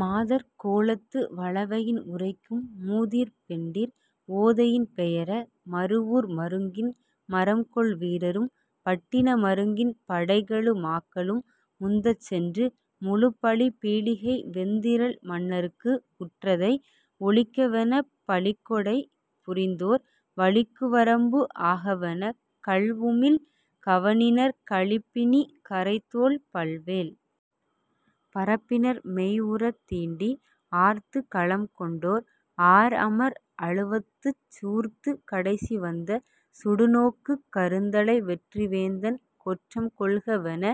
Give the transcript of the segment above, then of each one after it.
மாதர்க் கோலத்து வலவையின் உரைக்கும் மூதிற் பெண்டிர் ஓதையின் பெயர, மருவூர் மருங்கின் மறம்கொள் வீரரும் பட்டின மருங்கின் படைகெழு மாக்களும் முந்தச் சென்று முழுப்பலி பீடிகை வெந்திறல் மன்னற்கு உற்றதை ஒழிக்கவெனப் பலிக்கொடை புரிந்தோர் வலிக்குவரம்பு ஆகவெனக் கல்உமிழ் கவணினர் கழிப்பிணிக் கறைத்தோல் பல்வேல் பரப்பினர் மெய்உறத் தீண்டி ஆர்த்துக் களம்கொண்டோ ர் ஆர்அமர் அழுவத்துச் சூர்த்துக் கடைசிவந்த சுடுனோக்குக் கருந்தலை வெற்றி வேந்தன் கொற்றம் கொள்கவென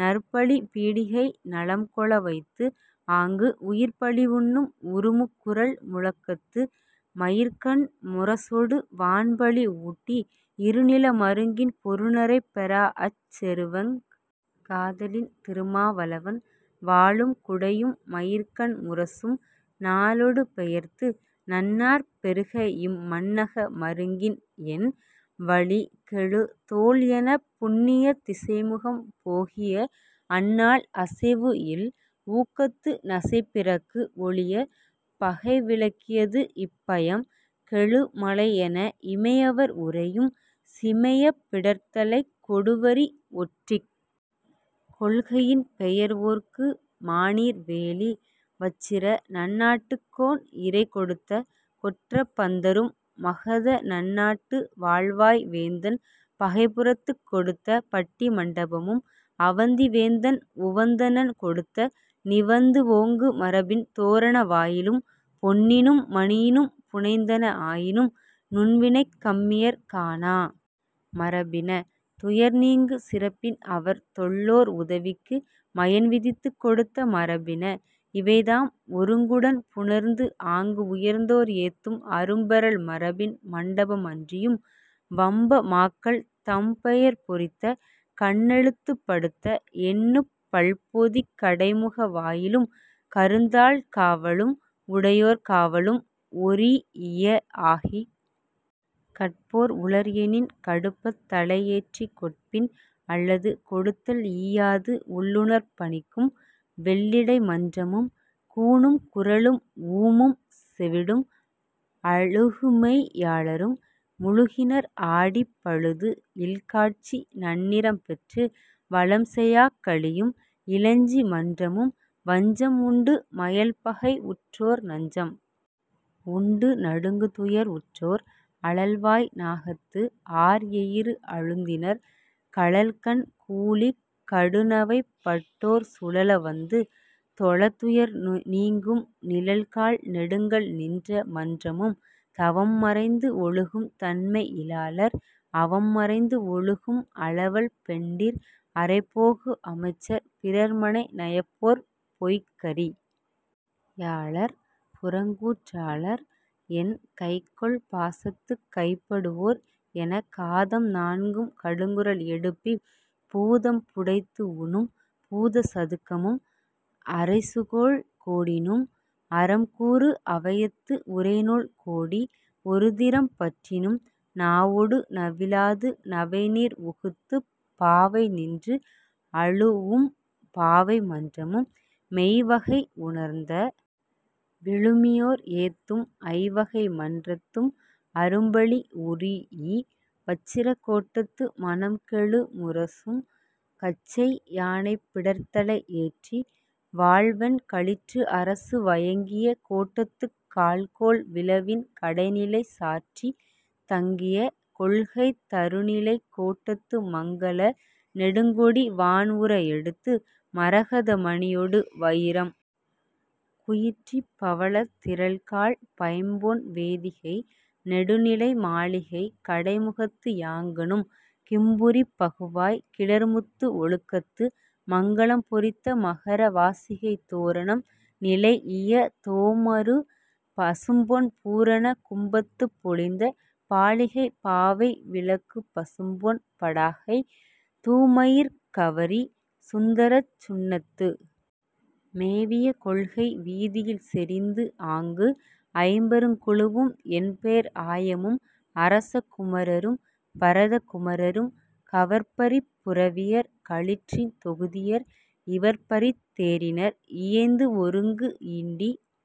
நற்பலி பீடிகை நலம்கொள வைத்துஆங்கு உயிர்ப்பலி உண்ணும் உருமுக்குரல் முழக்கத்து மயிர்க்கண் முரசொடு வான்பலி ஊட்டி, இருநில மருங்கின் பொருநரைப் பெறாஅச் செருவெங் காதலின் திருமா வளவன் வாளும் குடையும் மயிர்க்கண் முரசும் நாளொடு பெயர்த்து நண்ணார்ப் பெறுகஇம் மண்ணக மருங்கின்என் வலிகெழு தோள்எனப் புண்ணியத் திசைமுகம் போகிய அந்நாள் அசைவுஇல் ஊக்கத்து நசைபிறக்கு ஒழியப் பகைவிலக் கியதுஇப் பயம்கெழு மலைஎன இமையவர் உறையும் சிமையப் பிடர்த்தலைக் கொடுவரி ஒற்றிக் கொள்கையின் பெயர்வோற்கு, மாநீர் வேலி வச்சிர நன்னாட்டுக் கோன்இறை கொடுத்த கொற்றப் பந்தரும் மகதநன் நாட்டு வாள்வாய் வேந்தன் பகைபுறத்துக் கொடுத்த பட்டிமண் டபமும், அவந்தி வேந்தன் உவந்தனன் கொடுத்த நிவந்துஓங்கு மரபின் தோரண வாயிலும் பொன்னினும் மணியினும் புனைந்தன ஆயினும் நுண்வினைக் கம்மியர் காணா மரபின, துயர்நீங்கு சிறப்பின்அவர் தொல்லோர் உதவிக்கு மயன்விதித்துக் கொடுத்த மரபின, இவைதாம் ஒருங்குடன் புணர்ந்துஆங்கு உயர்ந்தோர் ஏத்தும் அரும்பெறல் மரபின் மண்டபம் அன்றியும், வம்ப மாக்கள் தம்பெயர் பொறித்த கண்ணெழுத்துப் படுத்த எண்ணுப் பல்பொதிக் கடைமுக வாயிலும் கருந்தாழ்க் காவலும் உடையோர் காவலும் ஒரீஇய ஆகிக் கட்போர் உளர்எனின் கடுப்பத் தலைஏற்றிக் கொட்பின் அல்லது கொடுத்தல் ஈயாது உள்ளுநர்ப் பனிக்கும் வெள்ளிடை மன்றமும், கூனும் குறளும் ஊமும் செவிடும் அழுகுமெய் யாளரும் முழுகினர் ஆடிப் பழுதுஇல் காட்சி நன்னிறம் பெற்று வலம்செயாக் கழியும் இலஞ்சி மன்றமும், வஞ்சம் உண்டு மயல்பகை உற்றோர் நஞ்சம் உண்டு நடுங்குதுயர் உற்றோர் அழல்வாய் நாகத்து ஆர்எயிறு அழுந்தினர் கழல்கண் கூளிக் கடுநவைப் பட்டோ ர் சுழல வந்து தொழத்துயர் நீங்கும் நிழல்கால் நெடுங்கல் நின்ற மன்றமும், தவம்மறைந்து ஒழுகும் தன்மை இலாளர் அவம்மறைந்து ஒழுகும் அலவல் பெண்டிர் அறைபோகு அமைச்சர் பிறர்மனை நயப்போர் பொய்க்கரி யாளர் புறங்கூற் றாளர்என் கைக்கொள் பாசத்துக் கைப்படு வோர்எனக் காதம் நான்கும் கடுங்குரல் எடுப்பிப் பூதம் புடைத்துஉணும் பூத சதுக்கமும், அரைசுகோல் கோடினும் அறம்கூறு அவையத்து உரைநூல் கோடி ஒருதிறம் பற்றினும் நாவொடு நவிலாது நவைநீர் உகுத்துப் பாவைநின்று அழுஉம் பாவை மன்றமும், மெய்வகை உணர்ந்த விழுமியோர் ஏத்தும் ஐவகை மன்றத்தும் அரும்பலி உறீஇ, வச்சிரக் கோட்டத்து மணம்கெழு முரசம் கச்சை யானைப் பிடர்த்தலை ஏற்றி, வால்வெண் களிற்றுஅரசு வயங்கிய கோட்டத்துக் கால்கோள் விழவின் கடைநிலை சாற்றித் தங்கிய கொள்கைத் தருநிலைக் கோட்டத்து மங்கல நெடுங்கொடி வான்உற எடுத்து, மரகத மணியொடு வயிரம் குயிற்றிப் பவளத் திரள்கால் பைம்பொன் வேதிகை நெடுநிலை மாளிகைக் கடைமுகத்து யாங்கணும் கிம்புரிப் பகுவாய்க் கிளர்முத்து ஒழுக்கத்து மங்கலம் பொறித்த மகர வாசிகைத் தோரணம் நிலைஇய தோம்அறு பசும்பொன் பூரண கும்பத்துப் பொலிந்த பாலிகை பாவை விளக்குப் பசும்பொன் படாகை தூமயிர்க் கவரி சுந்தரச் சுண்ணத்து மேவிய கொள்கை வீதியில் செறிந்துஆங்கு, ஐம்பெருங் குழுவும் எண்பேர் ஆயமும் அரச குமரரும் பரத குமரரும் கவர்ப்பரிப் புரவியர் களிற்றின் தொகுதியர் இவர்ப்பரித் தேரினர் இயைந்துஒருங்கு ஈண்டி